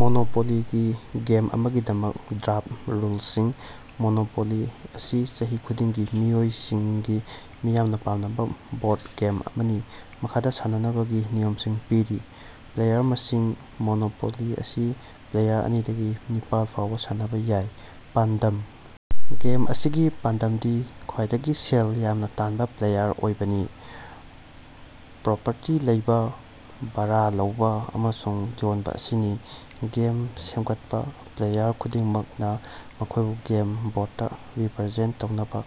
ꯃꯣꯅꯣꯄꯣꯂꯤꯒꯤ game ꯑꯃꯒꯤꯗꯃꯛ draft ꯔꯨꯜꯁꯤꯡ꯫ Monopoly ꯑꯁꯤ ꯆꯍꯤ ꯈꯨꯗꯤꯡꯒꯤ ꯃꯤꯑꯣꯏꯁꯤꯡꯒꯤ ꯃꯤꯌꯥꯝꯅ ꯄꯥꯝꯅꯕ ꯕꯣꯔꯗ ꯒꯦꯝ ꯑꯃꯅꯤ꯫ ꯃꯈꯥꯗ ꯁꯥꯟꯅꯕꯒꯤ ꯅꯤꯌꯝꯁꯤꯡ ꯄꯤꯔꯤ - ꯄ꯭ꯂꯦꯌꯔ ꯃꯁꯤꯡ - ꯃꯣꯅꯣꯄꯣꯂꯤ ꯑꯁꯤ ꯄ꯭ꯂꯦꯌꯔ ꯑꯅꯤꯗꯒꯤ ꯅꯤꯄꯥꯜ ꯐꯥꯎꯕ ꯁꯥꯟꯅꯕ ꯌꯥꯏ꯫ ꯄꯥꯟꯗꯝ - ꯒꯦꯝ ꯑꯁꯤꯒꯤ ꯄꯥꯟꯗꯝꯗꯤ ꯈ꯭ꯋꯥꯏꯗꯒꯤ ꯁꯦꯜ ꯌꯥꯝꯅ ꯇꯥꯅꯕ ꯄ꯭ꯂꯦꯌꯔ ꯑꯣꯏꯕꯅꯤ, ꯄ꯭ꯔꯣꯄꯔꯇꯤ ꯂꯧꯕ, ꯚꯥꯔꯥ ꯂꯧꯕ ꯑꯃꯁꯨꯡ ꯌꯣꯟꯕ ꯑꯁꯤꯅꯤ꯫ ꯒꯦꯝ ꯁꯦꯝꯒꯠꯄ - ꯄ꯭ꯂꯦꯌꯔ ꯈꯨꯗꯤꯡꯃꯛꯅ ꯃꯈꯣꯏꯕꯨ ꯒꯦꯝ ꯕꯣꯔꯗꯇꯥ ꯔꯤꯄꯔꯖꯦꯟꯇ ꯇꯧꯅꯕ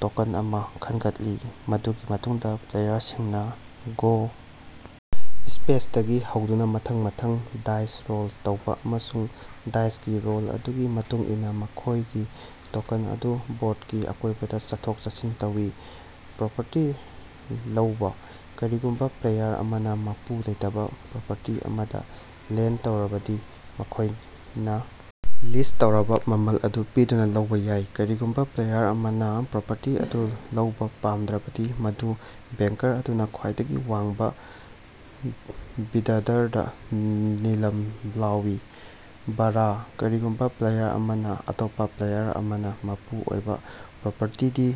ꯇꯣꯀꯦꯟ ꯑꯃ ꯈꯟꯒꯠꯂꯤ꯫ ꯃꯗꯨꯒꯤ ꯃꯇꯨꯡꯗ ꯄ꯭ꯂꯦꯌꯔꯁꯤꯡꯅ ꯒꯣ ꯁ꯭ꯄꯦꯁꯇꯒꯤ ꯍꯧꯗꯨꯅ ꯃꯊꯪ ꯃꯊꯪ ꯗꯥꯏꯁ ꯔꯣꯜ ꯇꯧꯕ ꯑꯃꯁꯨꯡ ꯗꯥꯏꯁꯀꯤ ꯔꯣꯜ ꯑꯗꯨꯒꯤ ꯃꯇꯨꯡ ꯏꯟꯅ ꯃꯈꯣꯏꯒꯤ ꯇꯣꯀꯦꯟ ꯑꯗꯨ ꯕꯣꯔꯗꯀꯤ ꯑꯀꯣꯏꯕꯗ ꯆꯠꯊꯣꯛ-ꯆꯠꯁꯤꯟ ꯇꯧꯏ꯫ ꯄ꯭ꯔꯣꯄꯔꯇꯤ ꯂꯧꯕ - ꯀꯔꯤꯒꯨꯝꯕ ꯄ꯭ꯂꯦꯌꯔ ꯑꯃꯅ ꯃꯄꯨ ꯂꯩꯇꯕꯥ ꯄ꯭ꯔꯣꯄꯔꯇꯤ ꯑꯃꯗ ꯂꯦꯟ꯭ꯗ ꯇꯧꯔꯕꯗꯤ ꯃꯈꯣꯏꯅ ꯂꯤꯁ꯭ꯠ ꯇꯧꯔꯕ ꯃꯃꯜ ꯑꯗꯨ ꯄꯤꯗꯨꯅ ꯂꯧꯕ ꯌꯥꯏ꯫ ꯀꯔꯤꯒꯨꯝꯕ ꯄ꯭ꯂꯦꯌꯔ ꯑꯃꯅ ꯄ꯭ꯔꯣꯄꯔꯇꯤ ꯑꯗꯨ ꯂꯧꯕ‌ ꯄꯥꯝꯗ꯭ꯔꯕꯗꯤ, ꯃꯗꯨ ꯕꯦꯡꯀꯔ ꯑꯗꯨꯅ‌ ꯈ꯭ꯋꯥꯏꯗꯒꯤ ꯋꯥꯡꯕ‌‌ ꯕꯤꯗ꯭ꯗꯔꯗꯥ ꯅꯤꯂꯥꯝ ꯂꯥꯎꯏ꯫ ꯚꯥꯔꯥ - ꯀꯔꯤꯒꯨꯝꯕ ꯄ꯭ꯂꯦꯌꯔ ꯑꯃꯅ‌ ꯑꯇꯣꯞꯄꯥ ꯄ꯭ꯂꯦꯌꯔ ꯑꯃꯅ ꯃꯄꯨ ꯑꯣꯏꯕ ꯄ꯭ꯔꯣꯄꯔꯇꯤ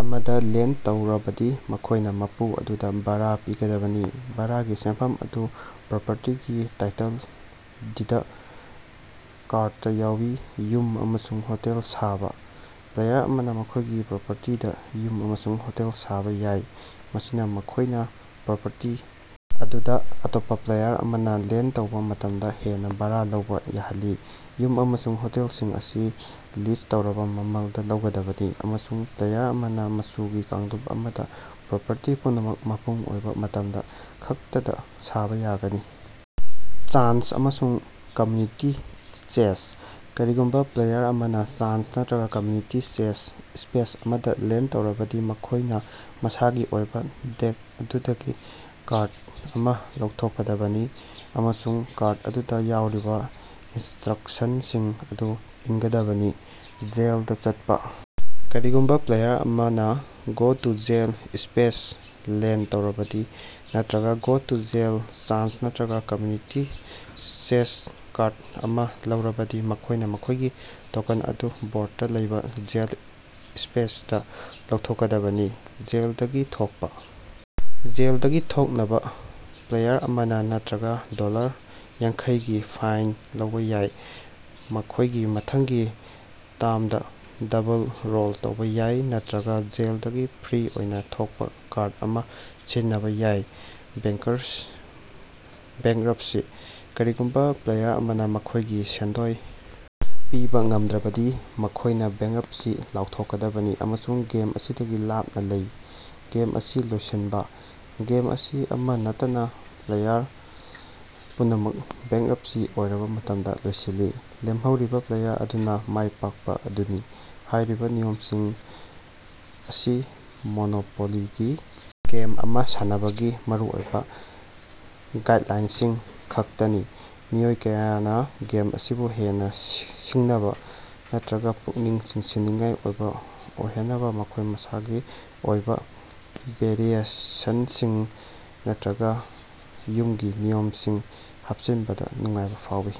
ꯑꯃꯗ ꯂꯦꯟ꯭ꯗ ꯇꯧꯔꯕꯗꯤ ꯃꯈꯣꯏꯅ ꯃꯄꯨ ꯑꯗꯨꯗ ꯚꯥꯔꯥ ꯄꯤꯒꯗꯕꯅꯤ꯫ ꯚꯥꯔꯥꯒꯤ ꯁꯦꯟꯐꯝ ꯑꯗꯨ ꯄ꯭ꯔꯣꯄꯔꯇꯤꯒꯤ ꯇꯥꯏꯇꯜ ꯗꯤꯗ ꯀꯥꯔꯗꯇꯥ ꯌꯥꯎꯏ꯫ ꯌꯨꯝ ꯑꯃꯁꯨꯡ ꯍꯣꯇꯦꯜ ꯁꯥꯕ - ꯄ꯭ꯂꯦꯌꯔ ꯑꯃꯅ ꯃꯈꯣꯏꯒꯤ ꯄ꯭ꯔꯣꯄꯔꯇꯤꯗ ꯌꯨꯝ ꯑꯃꯁꯨꯡ ꯍꯣꯇꯦꯜ ꯁꯥꯕ ꯌꯥꯏ, ꯃꯁꯤꯅ ꯃꯈꯣꯏꯅ ꯄ꯭ꯔꯣꯄꯔꯇꯤ ꯑꯗꯨꯗ‌ ꯑꯇꯣꯞꯄ ꯄ꯭ꯂꯦꯌꯔ ꯑꯃꯅ ꯂꯦꯟ꯭ꯗ ꯇꯧꯕ ꯃꯇꯝꯗ ꯍꯦꯟꯅ ꯚꯥꯔꯥ ꯂꯧꯕ ꯌꯥꯍꯜꯂꯤ꯫ ꯌꯨꯝ ꯑꯃꯁꯨꯡ ꯍꯣꯇꯦꯜꯁꯤꯡ ꯑꯁꯤ ꯂꯤꯁ꯭ꯠ ꯇꯧꯔꯕ ꯃꯃꯜꯗ ꯂꯧꯒꯗꯕꯅꯤ ꯑꯃꯁꯨꯡ ꯄ꯭ꯂꯦꯌꯔ ꯑꯃꯅ ꯃꯆꯨꯒꯤ ꯀꯥꯡꯂꯨꯞ ꯑꯃꯗ ꯄ꯭ꯔꯣꯄꯔꯇꯤ ꯄꯨꯝꯅꯃꯛ ꯃꯄꯨ ꯑꯣꯏꯕ ꯃꯇꯝꯗ ꯈꯛꯇꯗ ꯁꯥꯕ ꯌꯥꯒꯅꯤ꯫ ꯆꯥꯟꯁ ꯑꯃꯁꯨꯡ ꯀꯝꯃ꯭ꯌꯨꯅꯤꯇꯤ ꯆꯦꯁ꯭ꯠ - ꯀꯔꯤꯒꯨꯝꯕ ꯄ꯭ꯂꯦꯌꯔ ꯑꯃꯅ ꯆꯥꯟꯁ ꯅꯠꯇꯔꯒ ꯀꯝꯃ꯭ꯌꯨꯅꯤꯇꯤ ꯆꯦꯁ꯭ꯠ ꯁ꯭ꯄꯦꯁ ꯑꯃꯗ ꯂꯦꯟꯗ ꯇꯧꯔꯕꯗꯤ ꯃꯈꯣꯏꯅ ꯃꯁꯥꯒꯤ ꯑꯣꯏꯕ ꯗꯦꯛ ꯑꯗꯨꯗꯒꯤ ꯀꯥꯔꯗ ꯑꯃ ꯂꯧꯊꯣꯛꯀꯗꯕꯅꯤ ꯑꯃꯁꯨꯡ ꯀꯥꯔꯗ ꯑꯗꯨꯗ ꯌꯥꯎꯔꯤꯕ ꯏꯟꯁꯇ꯭ꯔꯛꯁꯟꯁꯤꯡ ꯑꯗꯨ ꯏꯟꯒꯗꯕꯅꯤ꯫ ꯖꯦꯜꯗꯥ ꯆꯠꯄꯥ - ꯀꯔꯤꯒꯨꯝꯕ ꯄ꯭ꯂꯦꯌꯔ ꯑꯃꯅ ꯒꯣ ꯇꯨ ꯖꯦꯜ‌ ꯁ꯭ꯄꯦꯁꯇ ꯂꯦꯟ꯭ꯗ ꯇꯧꯔꯕꯗꯤ, ꯅꯠꯇꯔꯒ ꯒꯣ ꯇꯨ ꯖꯦꯜꯗ ꯆꯥꯟꯁ ꯅꯠꯇꯔꯒ ꯀꯝꯃ‍꯭ꯌꯨꯅꯤꯇꯤ ꯆꯦꯁ꯭ꯠ ꯀꯥꯔꯗ ꯑꯃ ꯂꯧꯔꯕꯗꯤ, ꯃꯈꯣꯏꯅ ꯃꯈꯣꯏꯒꯤ ꯇꯣꯀꯦꯟ ꯑꯗꯨ ꯕꯣꯔꯗꯇ ꯂꯩꯕ ꯖꯦꯜ ꯁ꯭ꯄꯦꯁꯇꯥ ꯂꯧꯊꯣꯛꯀꯗꯕꯅꯤ꯫ ꯖꯦꯜꯗꯒꯤ ꯊꯣꯛꯄ - ꯖꯦꯜꯗꯒꯤ ꯊꯣꯛꯅꯕꯥ, ꯄ꯭ꯂꯦꯌꯔ ꯑꯃꯅ ꯅꯠꯇꯔꯒ ꯗꯣꯂꯔ ꯌꯥꯡꯈꯩꯒꯤ ꯐꯥꯏꯟ ꯂꯧꯕ ꯌꯥꯏ, ꯃꯈꯣꯏꯒꯤ ꯃꯊꯪꯒꯤ ꯇꯥ꯭ꯔꯝꯗꯥ ꯗꯕꯜ ꯔꯣꯜ ꯇꯧꯕ ꯌꯥꯏ, ꯅꯠꯇꯔꯒ ꯖꯦꯜꯗꯒꯤ ꯐ꯭ꯔꯤ ꯑꯣꯏꯅ‌ ꯊꯣꯛꯄ ꯀꯥꯔꯗ ꯑꯃ ꯁꯤꯖꯤꯟꯅꯕ ꯌꯥꯏ꯫ ꯕꯦꯡꯀ꯭ꯔꯞꯁꯤ - ꯀꯔꯤꯒꯨꯝꯕ ꯄ꯭ꯂꯦꯌꯔ ꯑꯃꯅ ꯃꯈꯣꯏꯒꯤ ꯁꯦꯟꯗꯣꯏ ꯄꯤꯕ ꯉꯝꯗ꯭ꯔꯕꯗꯤ ꯃꯈꯣꯏꯅ ꯕꯦꯡꯀ꯭ꯔꯞꯁꯤ ꯂꯥꯎꯊꯣꯛꯀꯗꯕꯅꯤ ꯑꯃꯁꯨꯡ ꯒꯦꯝ ꯑꯁꯤꯗꯒꯤ ꯂꯥꯞꯅ ꯂꯩ꯫ ꯒꯦꯝ ꯑꯁꯤ ꯂꯣꯏꯁꯤꯟꯕ - ꯒꯦꯝ ꯑꯁꯤ ꯑꯃ‌ ꯅꯠꯇꯅ ꯄ꯭ꯂꯦꯌꯔ ꯄꯨꯝꯅꯃꯛ ꯕꯦꯡꯀ꯭ꯔꯞꯁꯤ ꯑꯣꯏꯔꯕ ꯃꯇꯝꯗ ꯂꯣꯏꯁꯤꯜꯂꯤ꯫ ꯂꯦꯝꯍꯧꯔꯤꯕ ꯄ꯭ꯂꯦꯌꯔ ꯑꯗꯨꯅ ꯃꯥꯏꯄꯥꯛꯄ ꯑꯗꯨꯅꯤ꯫ ꯍꯥꯏꯔꯤꯕ ꯅꯤꯌꯝꯁꯤꯡ ꯑꯁꯤ ꯃꯣꯅꯣꯄꯣꯂꯤꯒꯤ ꯒꯦꯝ ꯑꯃ ꯁꯥꯟꯅꯕꯒꯤ ꯃꯔꯨꯑꯣꯏꯕ ꯒꯥꯏꯗꯂꯥꯏꯟꯁꯤꯡ ꯈꯛꯇꯅꯤ꯫ ꯃꯤꯑꯣꯏ ꯀꯌꯥꯅ ꯒꯦꯝ ꯑꯁꯤꯕꯨ ꯍꯦꯟꯅ ꯁꯤꯡꯅꯕ ꯅꯠꯇꯔꯒ ꯄꯨꯛꯅꯤꯡ ꯆꯤꯡꯁꯤꯟꯅꯤꯡꯉꯥꯏ ꯑꯣꯏꯕ ꯑꯣꯏꯍꯟꯅꯕ ꯃꯈꯣꯏ ꯃꯁꯥꯒꯤ ꯑꯣꯏꯕ ꯚꯦꯔꯤꯑꯦꯁꯟꯁꯤꯡ ꯅꯠꯇꯔꯒ ꯌꯨꯝꯒꯤ ꯅꯤꯌꯝꯁꯤꯡ ꯍꯥꯞꯆꯤꯟꯕꯗ ꯅꯨꯡꯉꯥꯏꯕ ꯐꯥꯎꯏ꯫